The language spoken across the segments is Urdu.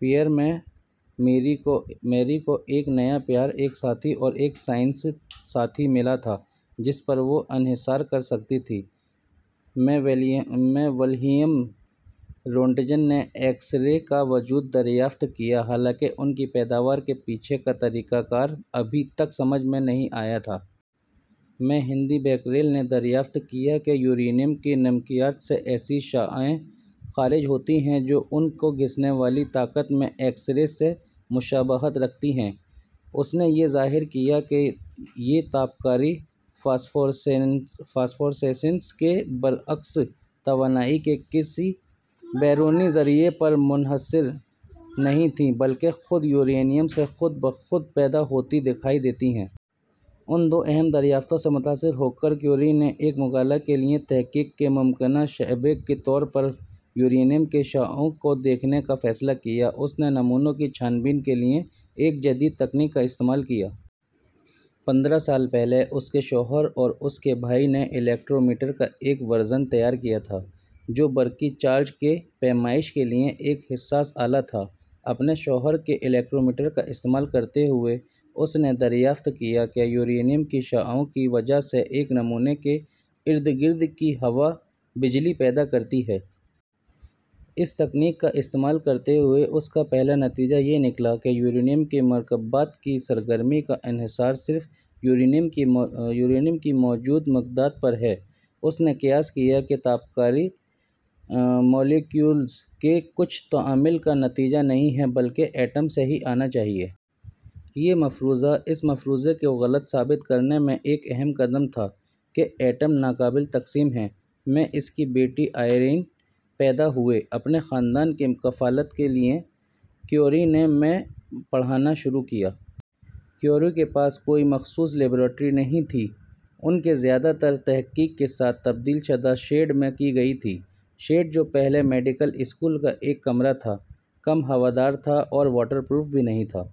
پیئر میں، میری کو ایک نیا پیار، ایک ساتھی اور ایک سائنسی ساتھی ملا تھا جس پر وہ انحصار کر سکتی تھی۔ میں، ولہیم رونٹجن نے ایکس رے کا وجود دریافت کیا، حالانکہ ان کی پیداوار کے پیچھے کا طریقہ کار ابھی تک سمجھ میں نہیں آیا تھا۔ میں، ہنری بیکریل نے دریافت کیا کہ یورینیم کے نمکیات سے ایسی شعاعیں خارج ہوتی ہیں جو ان کی گھسنے والی طاقت میں ایکس رے سے مشابہت رکھتی ہیں۔ اس نے یہ ظاہر کیا کہ یہ تابکاری، فاسفورسیسنس کے برعکس، توانائی کے کسی بیرونی ذریعہ پر منحصر نہیں تھی بلکہ خود یورینیم سے خود بخود پیدا ہوتی دکھائی دیتی ہے۔ ان دو اہم دریافتوں سے متاثر ہو کر، کیوری نے ایک مقالہ کے لیے تحقیق کے ممکنہ شعبے کے طور پر یورینیم کی شعاعوں کو دیکھنے کا فیصلہ کیا۔ اس نے نمونوں کی چھان بین کے لیے ایک جدید تکنیک کا استعمال کیا۔ پندرہ سال پہلے، اس کے شوہر اور اس کے بھائی نے الیکٹرومیٹر کا ایک ورژن تیار کیا تھا، جو برقی چارج کی پیمائش کے لیے ایک حساس آلہ تھا۔ اپنے شوہر کے الیکٹرومیٹر کا استعمال کرتے ہوئے، اس نے دریافت کیا کہ یورینیم کی شعاعوں کی وجہ سے ایک نمونے کے ارد گرد کی ہوا بجلی پیدا کرتی ہے۔ اس تکنیک کا استعمال کرتے ہوئے، اس کا پہلا نتیجہ یہ نکلا کہ یورینیم کے مرکبات کی سرگرمی کا انحصار صرف یورینیم کی موجود مقدار پر ہے۔ اس نے قیاس کیا کہ تابکاری مالیکیولز کے کچھ تعامل کا نتیجہ نہیں ہے بلکہ ایٹم سے ہی آنا چاہیے۔ یہ مفروضہ اس مفروضے کو غلط ثابت کرنے میں ایک اہم قدم تھا کہ ایٹم ناقابل تقسیم ہیں۔ میں، اس کی بیٹی آئرین پیدا ہوئی. اپنے خاندان کی کفالت کے لیے، کیوری نے میں پڑھانا شروع کیا۔ کیوری کے پاس کوئی مخصوص لیبارٹری نہیں تھی۔ ان کی زیادہ تر تحقیق کے ساتھ تبدیل شدہ شیڈ میں کی گئی تھی۔ شیڈ، جو پہلے میڈیکل اسکول کا ایک کمرہ تھا، کم ہوادار تھا اور واٹر پروف بھی نہیں تھا۔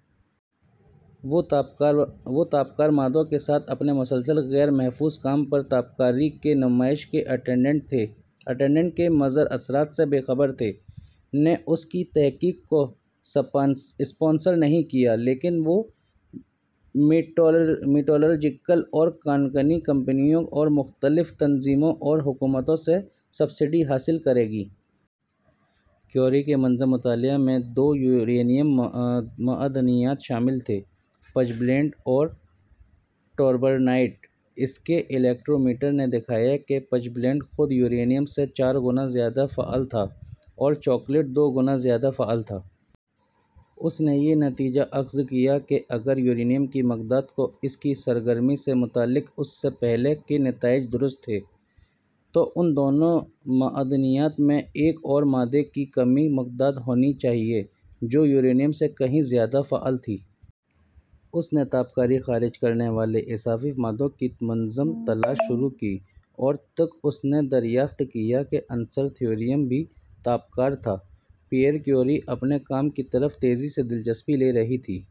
وہ تابکار مادوں کے ساتھ اپنے مسلسل غیر محفوظ کام پر تابکاری کی نمائش کے اٹینڈنٹ کے مضر اثرات سے بے خبر تھے۔ نے اس کی تحقیق کو سپانسر نہیں کیا، لیکن وہ میٹالرجیکل اور کان کنی کمپنیوں اور مختلف تنظیموں اور حکومتوں سے سبسڈی حاصل کرے گی۔ کیوری کے منظم مطالعہ میں دو یورینیم معدنیات شامل تھے، پچ بلینڈ اور ٹوربرنائٹ۔ اس کے الیکٹرومیٹر نے دکھایا کہ پچ بلینڈ خود یورینیم سے چار گنا زیادہ فعال تھا اور چاکلیٹ دو گنا زیادہ فعال تھا۔ اس نے یہ نتیجہ اخذ کیا کہ اگر یورینیم کی مقدار کو اس کی سرگرمی سے متعلق اس کے پہلے کے نتائج درست تھے، تو ان دونوں معدنیات میں ایک اور مادے کی کم مقدار ہونی چاہیے جو یورینیم سے کہیں زیادہ فعال تھی۔ اس نے تابکاری خارج کرنے والے اضافی مادوں کی منظم تلاش شروع کی اور تک اس نے دریافت کیا کہ عنصر تھوریم بھی تابکار تھا۔ پیئر کیوری اپنے کام کی طرف تیزی سے دلچسپی لے رہی تھی۔